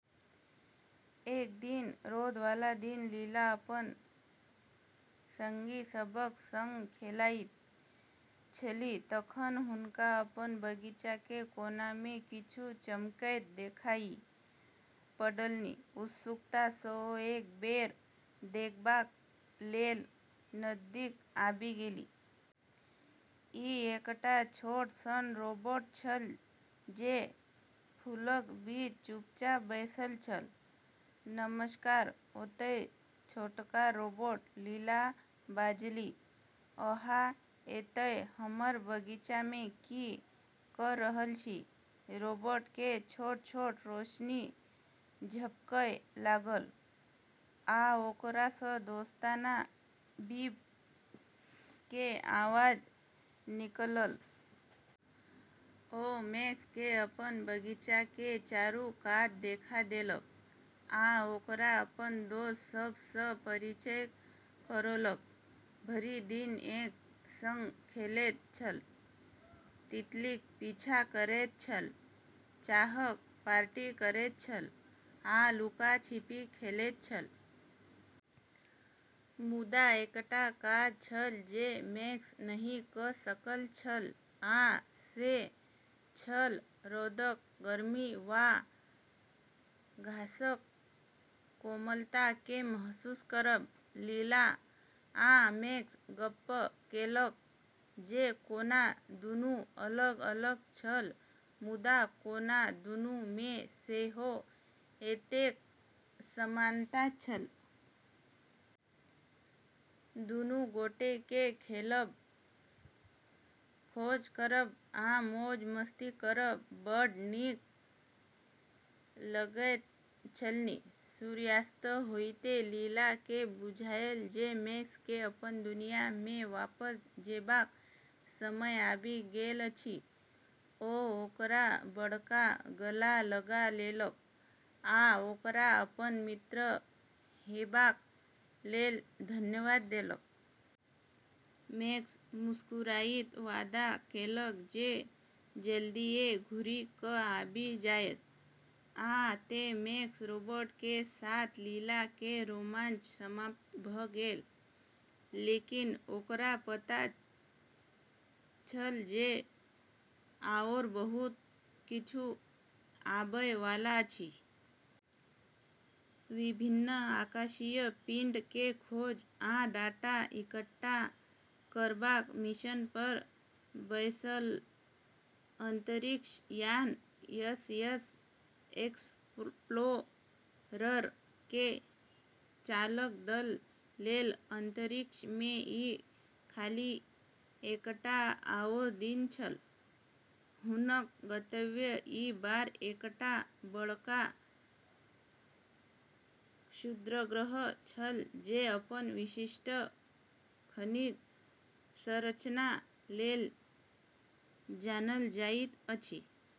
एक दिन रौद वाला दिन लीला अपन संगी सभक संग खेलाइत छली तखन हुनका अपन बगीचा के कोना मे किछु चमकैत देखाइ पड़लनि। उत्सुकता सँ ओ एक बेर देखबाक लेल नजदीक आबि गेली। ई एकटा छोट सन रोबोट छल, जे फूलक बीच चुपचाप बैसल छल। "नमस्कार ओतय, छोटका रोबोट" लीला बाजली। "अहाँ एतय हमर बगीचा मे की क' रहल छी?" रोबोट के छोट-छोट रोशनी झपकय लागल, आ ओकरा सँ दोस्ताना बीप के आवाज निकलल। ओ मैक्स केँ अपन बगीचा के चारू कात देखा देलक, आ ओकरा अपन दोस्त सभ सँ परिचय करौलक। भरि दिन एक संग खेलैत छल, तितलीक पीछा करैत छल, चाहक पार्टी करैत छल, आ लुका-छिपी खेलैत छल। मुदा एकटा काज छल जे मैक्स नहि क' सकल छल, आ से छल रौदक गर्मी वा घासक कोमलता केँ महसूस करब। लीला आ मैक्स गप्प केलक जे कोना दुनू अलग-अलग छल, मुदा कोना दुनू मे सेहो एतेक समानता छल। दुनू गोटे केँ खेलब, खोज करब, आ मौज-मस्ती करब बड्ड नीक लगैत छलनि। सूर्यास्त होइते लीला केँ बुझायल जे मैक्स केँ अपन दुनिया मे वापस जेबाक समय आबि गेल अछि। ओ ओकरा बड़का गला लगा लेलक आ ओकरा अपन मित्र हेबाक लेल धन्यवाद देलक। मैक्स मुस्कुराइत वादा केलक जे जल्दिये घुरि क' आबि जायत। आ तें, मैक्स रोबोट के साथ लीला के रोमांच समाप्त भ' गेल, लेकिन ओकरा पता छल जे आओर बहुत किछु आबय वाला अछि। विभिन्न आकाशीय पिंड के खोज आ डाटा इकट्ठा करबाक मिशन पर बैसल अंतरिक्ष यान एसएस एक्सप्लोरर के चालक दल लेल अंतरिक्ष मे ई खाली एकटा आओर दिन छल। हुनक गंतव्य ई बार एकटा बड़का क्षुद्रग्रह छल, जे अपन विशिष्ट खनिज संरचना लेल जानल जाइत अछि।